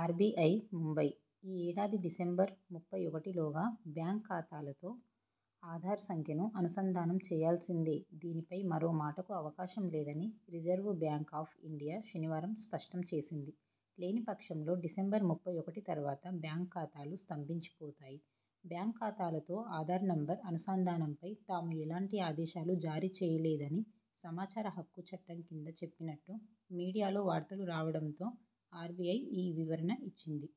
RBI, Mumbai ఈ ఏడాది December ముప్పై ఒకటిలోగా బ్యాంక్ ఖాతాలతో ఆధార్ సంఖ్యను అనుసంధానం చేయాల్సిందే దీనిపై మరో మాటకు అవకాశం లేదని రిజర్వు బ్యాంక్ ఆఫ్ ఇండియా శనివారం స్పష్టం చేసింది. లేనిపక్షంలో డిసెంబర్ ముప్పై ఒకటి తర్వాత బ్యాంక్ ఖాతాలు స్తంభించిపోతాయి బ్యాంక్ ఖాతాలతో ఆధార్ నంబర్ అనుసంధానంపై తాము ఎలాంటి ఆదేశాలు జారీ చేయలేదని సమాచార హక్కు చట్టం కింద చెప్పినట్టు మీడియాలో వార్తలు రావడంతో ఆర్బిఐ ఈ వివరణ ఇచ్చింది.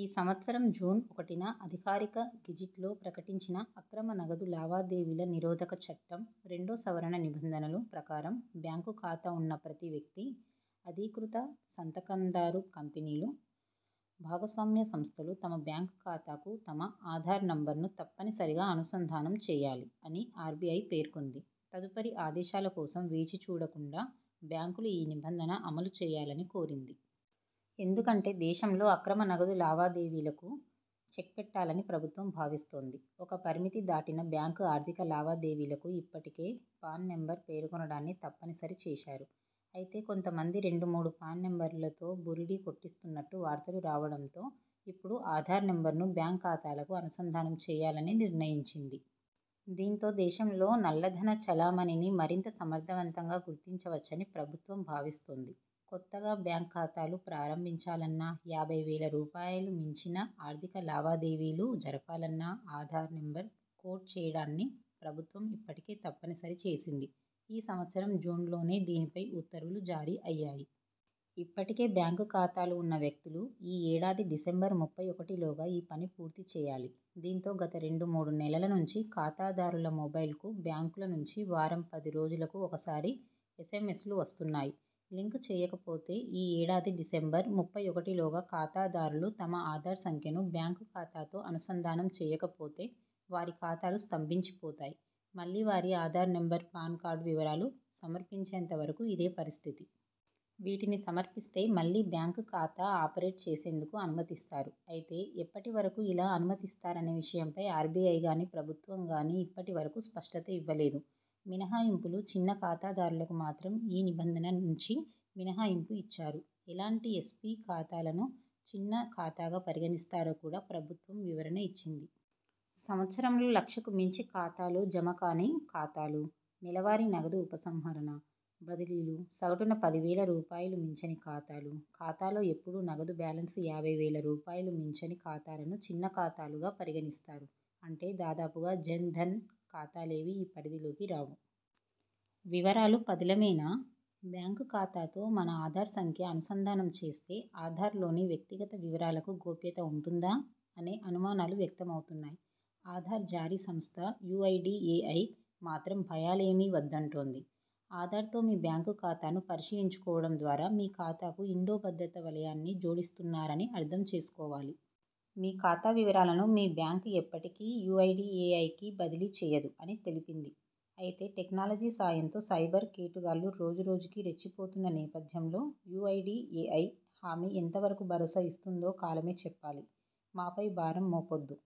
'ఈ సంవత్సరం జూన్ ఒకటిన అధికారిక గెజిట్లో ప్రకటించిన 'అక్రమ నగదు లావాదేవీల నిరోధక చట్టం రెండో సవరణ నిబంధనలు ' ప్రకారం బ్యాంకు ఖాతా ఉన్న ప్రతి వ్యక్తి, అధీకృత సంతకందారు, కంపెనీలు, భాగస్వామ్య సంస్థలు తమ బ్యాంక్ ఖాతాకు తమ 'ఆధార్' నంబర్ను తప్పనిసరిగా అనుసంధానం చేయాలి' అని ఆర్బిఐ పేర్కొంది తదుపరి ఆదేశాల కోసం వేచిచూడకుండా బ్యాంకులు ఈ నిబంధన అమలు చేయాలని కోరింది. ఎందుకంటే దేశంలో అక్రమ నగదు లావాదేవీలకు చెక్పెట్టాలని ప్రభుత్వం భావిస్తోంది. ఒక పరిమితి దాటిన బ్యాంక్ ఆర్థిక లావాదేవీలకు ఇప్పటికే 'పాన్' నంబర్ పేర్కొనడాన్ని తప్పనిసరి చేశారు. అయితే కొంత మంది రెండు మూడు పాన్ నంబర్లతో బురిడీ కొట్టిస్తున్నట్టు వార్తలు రావడంతో ఇప్పుడు ఆధార్ నెంబర్నూ బ్యాంక్ ఖాతాలకు అనుసంధానం చేయాలని నిర్ణయించింది. దీంతో దేశంలో నల్లధన చలామణినీ మరింత సమర్థవంతంగా గుర్తించవచ్చని ప్రభుత్వం భావిస్తోంది. కొత్తగా బ్యాంక్ ఖాతాలు ప్రారంభించాలన్నా యాభై వేల రూపాయలుమించిన ఆర్థిక లావాదేవీలు జరపాలన్నా ఆధార్' నెంబర్ కోట్ చేయడాన్ని ప్రభుత్వం ఇప్పటికే తప్పనిసరి చేసింది ఈ సంవత్సరం జూన్లోనే దీనిపై ఉత్తర్వులు జారీ అయ్యాయి. ఇప్పటికే బ్యాంక్ ఖాతాలు ఉన్న వ్యక్తులు ఈ ఏడాది డిసెంబర్ ముప్పై ఒకటిలోగా ఈ పని పూర్తి చేయాలి దీంతో గత రెండు మూడు నెలల నుంచి ఖాతాదారుల మొబైల్స్కు బ్యాంకుల నుంచి వారం పది రోజులకు ఒకసారి ఎస్ఎంఎస్ లు వస్తున్నాయి. లింక్ చేయకపోతే ఈ ఏడాది డిసెంబర్ ముప్పై ఒకటిలోగా ఖాతాదారులు తమ ఆధార్ సంఖ్యను బ్యాంక్ ఖాతాతో అనుసంధానం చేయకపోతే వారి ఖాతాలూ స్తంభించిపోతాయి మళ్లీ వారి ఆధార్ నంబర్, పాన్ కార్డు వివరాలు సమర్పించేంత వరకు ఇదే పరిస్థితి. వీటిని సమర్పిస్తే మళ్లీ బ్యాంక్ ఖాతా ఆపరేట్ చేసేందుకు అనుమతిస్తారు. అయితే ఎప్పటి వరకు ఇలా అనుమతిస్తారనే విషయంపై ఆర్బిఐగానీ, ప్రభుత్వంగాని ఇప్పటి వరకు స్పష్టత ఇవ్వలేదు. మినహాయింపులు చిన్న ఖాతాదారులకు మాత్రం ఈ నిబంధన నుంచి మినహాయింపు ఇచ్చారు. ఎలాంటి ఎస్బి ఖాతాలను చిన్న ఖాతాగా పరిగణిస్తారో కూడా ప్రభుత్వం వివరణ ఇచ్చింది. సంవత్సరంలో లక్షకు మించి ఖాతాలో జమకాని ఖాతాలు, నెలవారీ నగదు ఉపసంహరణ, బదిలీలు సగటున పది వేల రూపాయలు మించని ఖాతాలు, ఖాతాలో ఎప్పుడూ నగదు బ్యాలెన్స్ యాభై వేల రూపాయలు మించని ఖాతాలను చిన్న ఖాతాలుగా పరిగణిస్తారు అంటే దాదాపుగా జన్ ధన్ ఖాతాలేవీ ఈ పరిధిలోకి రావు. వివరాలు పదిలమేనా? బ్యాంక్ ఖాతాతో మన ఆధార్ సంఖ్య అనుసంధానం చేస్తే ఆధార్లోని వ్యక్తిగత వివరాలకు గోప్యత ఉంటుందా? అనే అనుమానాలు వ్యక్తం అవుతున్నాయి. ఆధార్ జారీ సంస్థ యుఐడిఎఐ మాత్రం భయాలేమీ వద్దంటోంది. 'ఆధార్ తో మీ బ్యాంక్ ఖాతాను పరిశీలించుకోవడం ద్వారా మీ ఖాతాకు ఇండో భద్రతా వలయాన్ని జోడిస్తున్నారని అర్థం చేసుకోవాలి. మీ ఖాతా వివరాలను మీ బ్యాంక్ ఎప్పటికీ యుఐడిఎఐకి బదిలీ చేయదు' అని తెలిపింది. అయితే టెక్నాలజీ సాయంతో సైబర్ కేటుగాళ్లు రోజు రోజుకీ రెచ్చిపోతున్న నేపథ్యంలో యుఐడిఎఐ హామీ ఎంత వరకు భరోసా ఇస్తుందో కాలమే చెప్పాలి. మాపై భారం మోపొద్దు